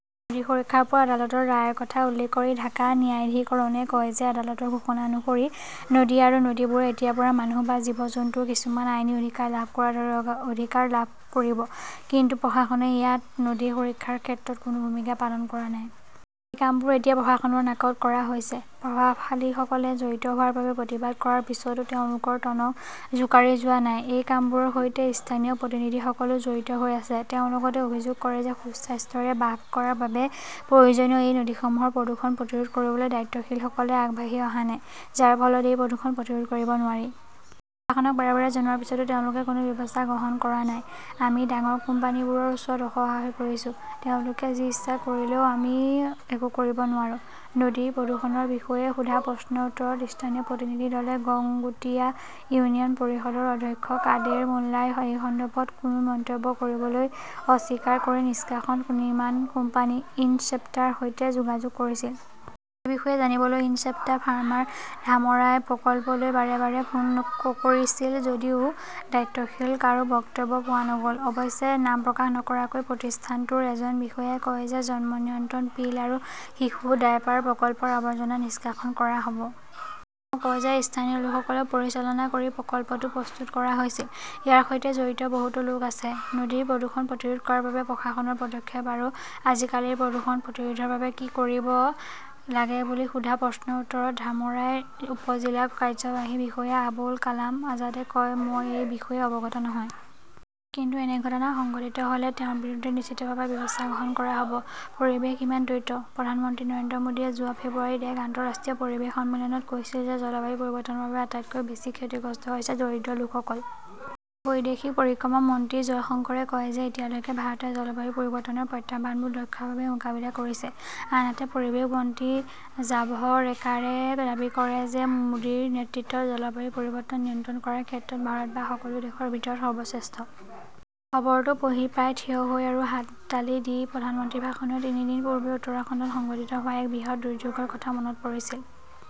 নদী সুৰক্ষাৰ ওপৰত আদালতৰ ৰায়ৰ কথা উল্লেখ কৰি ঢাকা ন্যায়াধিকৰণে কয় যে আদালতৰ ঘোষণা অনুসৰি নদী আৰু নদীবোৰে এতিয়াৰ পৰা মানুহ বা জীৱ-জন্তুৰ কিছুমান আইনী অধিকাৰ লাভ কৰাৰ দৰে অধিকাৰ লাভ কৰিব। কিন্তু প্ৰশাসনে ইয়াত নদী সুৰক্ষাৰ ক্ষেত্ৰত কোনো ভূমিকা পালন কৰা নাই। এই কামবোৰ এতিয়া প্ৰশাসনৰ নাকত কৰা হৈছে। প্ৰভাৱশালীসকলে জড়িত হোৱাৰ বাবে প্ৰতিবাদ কৰাৰ পিছতো তেওঁলোকৰ টনক জোকাৰি যোৱা নাই। এই কামবোৰৰ সৈতে ইস্থানীয় প্ৰতিনিধিসকলো জড়িত হৈ আছে। তেওঁ লগতে অভিযোগ কৰে যে সুস্বাস্থ্যৰে বাস কৰাৰ বাবে প্ৰয়োজনীয় এই নদীসমূহৰ প্ৰদূষণ প্ৰতিৰোধ কৰিবলৈ দায়িত্বশীলসকলে আগবাঢ়ি অহা নাই, যাৰ ফলত এই প্ৰদূষণ প্ৰতিৰোধ কৰিব নোৱাৰি। প্ৰশাসনক বাৰে -বাৰে জনোৱাৰ পিছতো তেওঁলোকে কোনো ব্যৱস্থা গ্ৰহণ কৰা নাই। আমি ডাঙৰ কোম্পানীবোৰৰ ওচৰত অসহায় হৈ পৰিছোঁ, তেওঁলোকে যি ইচ্ছা কৰিলেওঁ আমি একো কৰিব নোৱাৰো। নদীৰ প্ৰদূষণৰ বিষয়ে সোধা প্ৰশ্নৰ উত্তৰত ইস্থানীয় প্ৰতিনিধি দল গংগুটিয়া ইউনিয়ন পৰিষদৰ অধ্যক্ষ কাদেৰ মুল্লাই এই সন্দৰ্ভত কোনো মন্তব্য কৰিবলৈ অস্বীকাৰ কৰি নিষ্কাশন নিৰ্মাণ কোম্পানী ইনচেপ্টাৰ সৈতে যোগাযোগ কৰিছিল। এই বিষয়ে জানিবলৈ ইনচেপ্টা ফাৰ্মাৰ ধামৰাই প্ৰকল্পলৈ বাৰে- বাৰে ফোন ককৰিছিল যদিও দায়িত্বশীল কাৰো বক্তব্য পোৱা নগ'ল। অৱশ্যে, নাম প্ৰকাশ নকৰাকৈ প্ৰতিষ্ঠানটোৰ এজন বিষয়াই কয় যে জন্ম নিয়ন্ত্ৰণ পিল আৰু শিশু ডায়েপাৰ প্ৰকল্পৰ আৱৰ্জনা নিষ্কাশন কৰা হ 'ব। তেওঁ কয় যে ইস্থানীয় লোকসকলক পৰিচালনা কৰি প্ৰকল্পটো প্ৰস্তুত কৰা হৈছিল। ইয়াৰ সৈতে জড়িত বহুতো লোক আছে। নদীৰ প্ৰদূষণ প্ৰতিৰোধ কৰাৰ বাবে প্ৰশাসনৰ পদক্ষেপ আৰু আজিকালিৰ প্ৰদূষণ প্ৰতিৰোধৰ বাবে কি কৰিব লাগে বুলি সোধা প্ৰশ্নৰ উত্তৰত ধামৰাই উপ-জিলা কাৰ্যবাহী বিষয়া আবুল কালাম আজাদে কয় মই এই বিষয়ে অৱগত নহয়। কিন্তু এনে ঘটনা সংঘটিত হ'লে তেওঁৰ বিৰুদ্ধে নিশ্চিতভাৱে ব্যৱস্থা গ্ৰহণ কৰা হ'ব। পৰিৱেশ ইমান দ্বৈত? প্ৰধানমন্ত্ৰী নৰেন্দ্ৰ মোদীয়ে যোৱা ফেব্ৰুৱাৰীত এক আন্তঃৰাষ্ট্ৰীয় পৰিৱেশ সন্মিলনত কৈছিল যে জলবায়ু পৰিৱৰ্তনৰ বাবে আটাইতকৈ বেছি ক্ষতিগ্ৰস্ত হৈছে দৰিদ্ৰ লোকসকল। বৈদেশিক পৰিক্ৰমা মন্ত্ৰী জয়শংকৰে কয় যে এতিয়ালৈকে ভাৰতে জলবায়ু পৰিৱৰ্তনৰ প্ৰত্যাহ্বানবোৰ দক্ষভাৱে মোকাবিলা কৰিছে, আনহাতে পৰিৱেশ মন্ত্ৰী জাভড়েকাৰে দাবী কৰে যে মোদীৰ নেতৃত্বত জলবায়ু পৰিৱৰ্তন নিয়ন্ত্ৰণ কৰাৰ ক্ষেত্ৰত ভাৰত বা সকলো দেশৰ ভিতৰত সৰ্বশ্ৰেষ্ঠ। খবৰটো পঢ়ি প্ৰায় থিয় হৈ আৰু হাততালি দি প্ৰধানমন্ত্ৰীৰ ভাষণৰ তিনি দিন পূৰ্বে উত্তৰাখণ্ডত সংঘটিত হোৱা এক বৃহৎ দুৰ্যোগৰ কথা মনত পৰিছিল।